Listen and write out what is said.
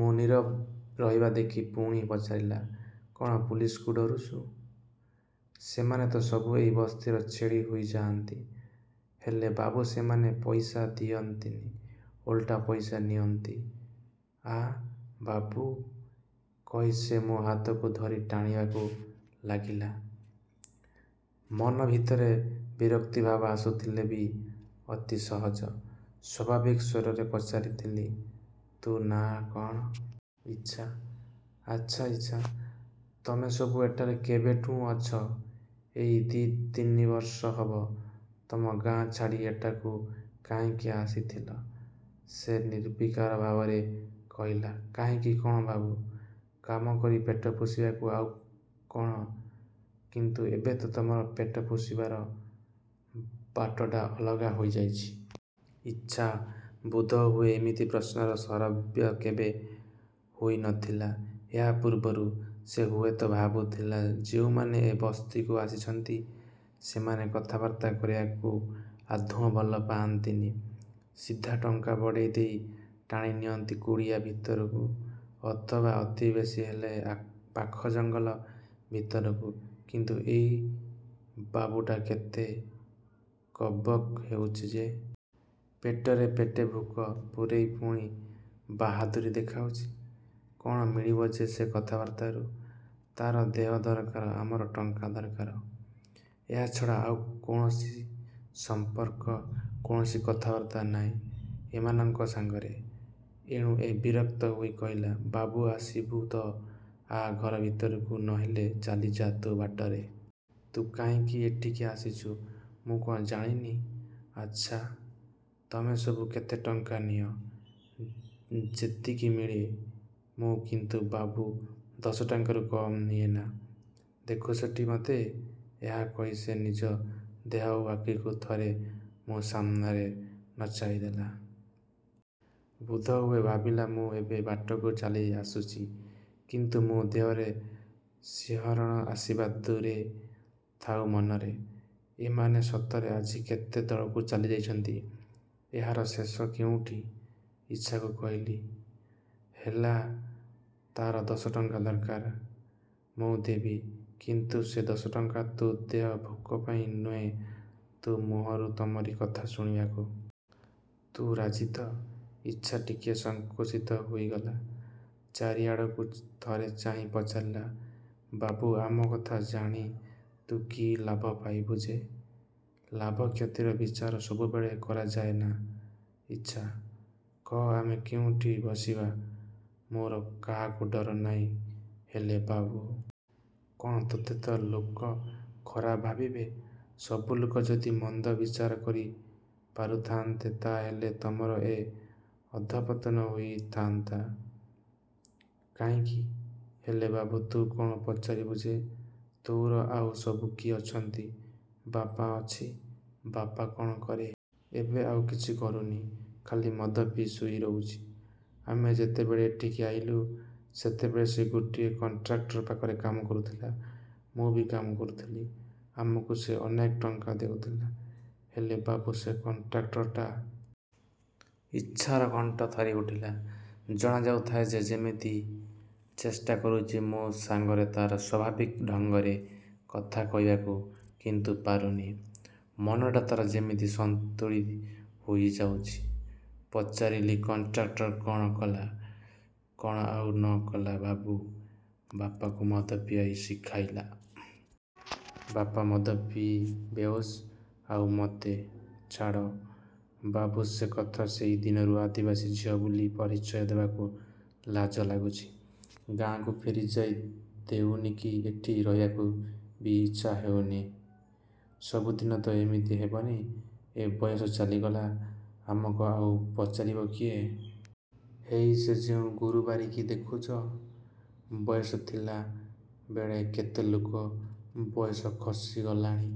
ମୁଁ ନୀରବ ରହିବା ଦେଖି ପୁଣି ପଚାରିଲା–କ'ଣ ପୁଲିସ୍କୁ ଡରୁଚୁ? ସେମାନେ ତ ସବୁ ଏଇ ବସ୍ତିରେ ଛେଳି ହୋଇଯାଆନ୍ତି। ହେଲେ ବାବୁ ସେମାନେ ପଇସା ଦିଅନ୍ତନି ଓଲଟା ପଇସା ନିଅନ୍ତି। ଆ ବାବୁ, କହି ସେ ମୋ'ହାତକୁ ଧରି ଟାଣିବାକୁ ଲାଗିଲା। ମନ ଭିତରେ ବିରକ୍ତିଭାବ ଆସୁଥିଲେ ବି ଅତି ସହଜ, ସ୍ଵାଭାବିକ ସ୍ଵରରେ ପଚାରିଥିଲି–ତୋ ନାଆ କ'ଣ? ଇଚ୍ଛା! ଆଚ୍ଛା ଇଚ୍ଛା, ତମେସବୁ ଏଠାରେ କେବେଠୁଁ ଅଛ? ଏଇ ଦି' ତିନିବର୍ଷ ହେବ। ତମ ଗାଆଁ ଛାଡ଼ି ଏଠାକୁ କାହିଁକି ଆସିଥିଲ? ସେ ନିର୍ବିକାର ଭାବରେ କହିଲା–କାହିଁକି କ'ଣ ବାବୁ, କାମ କରି ପେଟ ପୋଷିବାକୁ, ଆଉ କ'ଣ? କିନ୍ତୁ ଏବେ ତ ତମର ପେଟ ପୋଷିବାର ବାଟଟା ଅଲଗା ହୋଇଯାଇଛି। ଇଚ୍ଛା ବୋଧହୁଏ ଏମିତି ପ୍ରଶ୍ନର ଶରବ୍ୟ କେବେ ହୋଇନଥିଲା ଏହା ପୂର୍ବରୁ। ସେ ହୁଏତ ଭାବୁଥିଲା–ଯେଉଁମାନେ ଏ ବସ୍ତିକୁ ଆସିଛନ୍ତି ସେମାନେ କଥାବାର୍ତ୍ତା କରିବାକୁ ଆଦୌ ଭଲ ପାଆନ୍ତିନି। ସିଧା ଟଙ୍କା ବଢ଼େଇ ଦେଇ ଟାଣି ନିଅନ୍ତି କୁଡ଼ିଆ ଭିତରକୁ ଅଥବା ଅତି ବେଶୀ ହେଲେ ପାଖ ଜଙ୍ଗଲ ଭିତରକୁ; କିନ୍ତୁ ଏଇ ବାବୁଟା କେତେ ବକ୍ବକ୍ ହେଉଚି ଯେ। ପେଟରେ ପେଟେ ଭୋକ ପୁରେଇ ପୁଣି ବାହାଦୂରୀ ଦେଖାଉଚି। କ'ଣ ମିଳିବ ଯେ ଏ କଥାବାର୍ତ୍ତାରୁ। ତା'ର ଦେହ ଦରକାର ଆମର ଟଙ୍କା ଦରକାର। ଏହାଛଡ଼ା ଆଉ କୌଣସି ସମ୍ପର୍କ, କୌଣସି କଥାବାର୍ତ୍ତା ନାହିଁ ଏମାନଙ୍କ ସାଙ୍ଗରେ। ଏଣୁ ସେ ବିରକ୍ତ ହୋଇ କହିଲା–ବାବୁ, ଆସିବୁ ତ ଆ ଘର ଭିତରକୁ, ନ ହେଲେ ଚାଲିଯା' ତୋ' ବାଟରେ। ତୁ କାହିଁକି ଏଠିକି ଆସିଚୁ ମୁଁ କ'ଣ ଜାଣିନି? ଆଚ୍ଛା, ତମେ ସବୁ କେତେ ଟଙ୍କା ନିଅ? ଯେତିକି ମିଳେ। ମୁଁ କିନ୍ତୁ ବାବୁ ଦଶଟଙ୍କାରୁ କମ୍ ନିଏନା। ଦେଖୁଚଟି ମତେ? ଏହା କହି ସେ ନିଜ ଦେହ ଓ ଆଖିକୁ ଥରେ ମୋ' ସାମ୍ନାରେ ନଚେଇ ଦେଲା। ବୋଧହୁଏ ଭାବିଲା ମୁଁ ଏବେ ବାଟକୁ ଚାଲି ଆସୁଛି। କିନ୍ତୁ ମୋ' ଦେହରେ ଶିହରଣ ଆସିବା ଦୂରେ ଥାଉ ମନରେ... ଏମାନେ ସତରେ ଆଜି କେତେ ତଳକୁ ଚାଲିଯାଇଛନ୍ତି। ଏହାର ଶେଷ କେଉଁଠି? ଇଚ୍ଛାକୁ କହିଲି–ହେଲା ତୋର ଦଶଟଙ୍କା ଦରକାର, ମୁଁ ଦେବି; କିନ୍ତୁ ସେ ଟଙ୍କାଟା ତୋ ଦେହ ଭୋଗ ପାଇଁ ନୁହେ, ତୋ ମୁହଁରୁ ତମରି କଥା ଶୁଣିବାକୁ। ତୁ ରାଜି ତ? ଇଚ୍ଛା ଟିକିଏ ସଙ୍କୁଚିତ ହୋଇଗଲା। ଚାରିଆଡ଼କୁ ଥରେ ଚାହିଁ ପଚାରିଲା–ବାବୁ, ଆମ କଥା ଜାଣି ତୁ କି ଲାଭ ପାଇବୁ ଯେ? ଲାଭ–କ୍ଷତିର ବିଚାର ସବୁବେଳେ କରାଯାଏନା ଇଚ୍ଛା। କହ ଆମେ କେଉଁଠି ବସିବା। ମୋର କାହାକୁ ଡର ନାହିଁ ହେଲେ ବାବୁ... କ'ଣ? ତୋତେ ତ ଲୋକ। ଖରାପ ଭାବିବେ। ସବୁ ଲୋକ ଯଦି–ମନ୍ଦ ବିଚାର କରି ପାରୁଥାନ୍ତେ ତା'ହେଲେ ତମର ଏ ଅଧପତନ ହୋଇଥାନ୍ତା କାହିଁକି? ହେଲେ ବାବୁ ତୁ କ'ଣ ପଚାରିବୁ ଯେ? ତୋର ଆଉ ସବୁ କିଏ ଅଛନ୍ତି? ବାପା ଅଛି। ବାପା କ'ଣ କରେ? ଏବେ ଆଉ କିଛି କରୁନି। ଖାଲି ମଦ ପିଇ ଶୋଇ ରହୁଛି। ଆମେ ଯେତେବେଳେ ଏଠିକି ଆଇଲୁ ସେତେବେଳେ ସେ ଗୋଟିଏ କଣ୍ଟ୍ରାକ୍ଟର ପାଖରେ କାମ କରୁଥିଲା। ମୁଁ ବି କାମ କରୁଥିଲି। ଆମକୁ ସେ ଅନେକ ଟଙ୍କା ଦେଉଥିଲା। ହେଲେ ବାବୁ ସେ କଣ୍ଟ୍ରାକ୍ଟରଟା... ଇଚ୍ଛାର କଣ୍ଠ ଥରିଉଠିଲା। ଜଣାଯାଉଥାଏ ସେ ଯେମିତି ଚେଷ୍ଟା କରୁଛି ମୋ'ସାଙ୍ଗରେ ତା'ର ସ୍ଵାଭାବିକ ଢଙ୍ଗରେ; କଥା କହିବାକୁ; କିନ୍ତୁ ପାରୁନି। ମନଟା ତା'ର ଯେମିତି ସନ୍ତୁଳି ହୋଇଯାଉଛି। ପଚାରିଲି–କଣ୍ଟ୍ରାକ୍ଟର କ'ଣ କଲା? କ'ଣ ଆଉ ନ କଲା ବାବୁ! ବାପାକୁ ମଦ ପିଆଇ ଶିଖାଇଲା। ବାପା ମଦ ପିଇ ବେହୋସ। ଆଉ ମୋତେ...। ଛାଡ଼ ବାବୁ ସେ କଥା ସେଇ ଦିନରୁ ଆଦିବାସୀ ଝିଅ ବୋଲି ପରିଚୟ ଦେବାକୁ ଲାଜ ଲାଗୁଚି। ଗାଆଁକୁ ଫେରିଯାଇ ହେଉନି କି ଏଠି ରହିବାକୁ ବି ଇଚ୍ଛା ହେଉନି। ସବୁଦିନ ତ ଏମିତି ହେବନି। ଏ ବୟସ ଚାଲିଗଲେ ଆମକ ଆଉ ପଚାରିବ କିଏ? ହେଇ ସେ ଯେଉଁ ଗୁରୁବାରୀକି ଦେଖୁଚ, ବୟସ ଥିଲା ବେଳେ କେତେ ଲୋକ... ବୟସ ଖସିଗଲାଣି।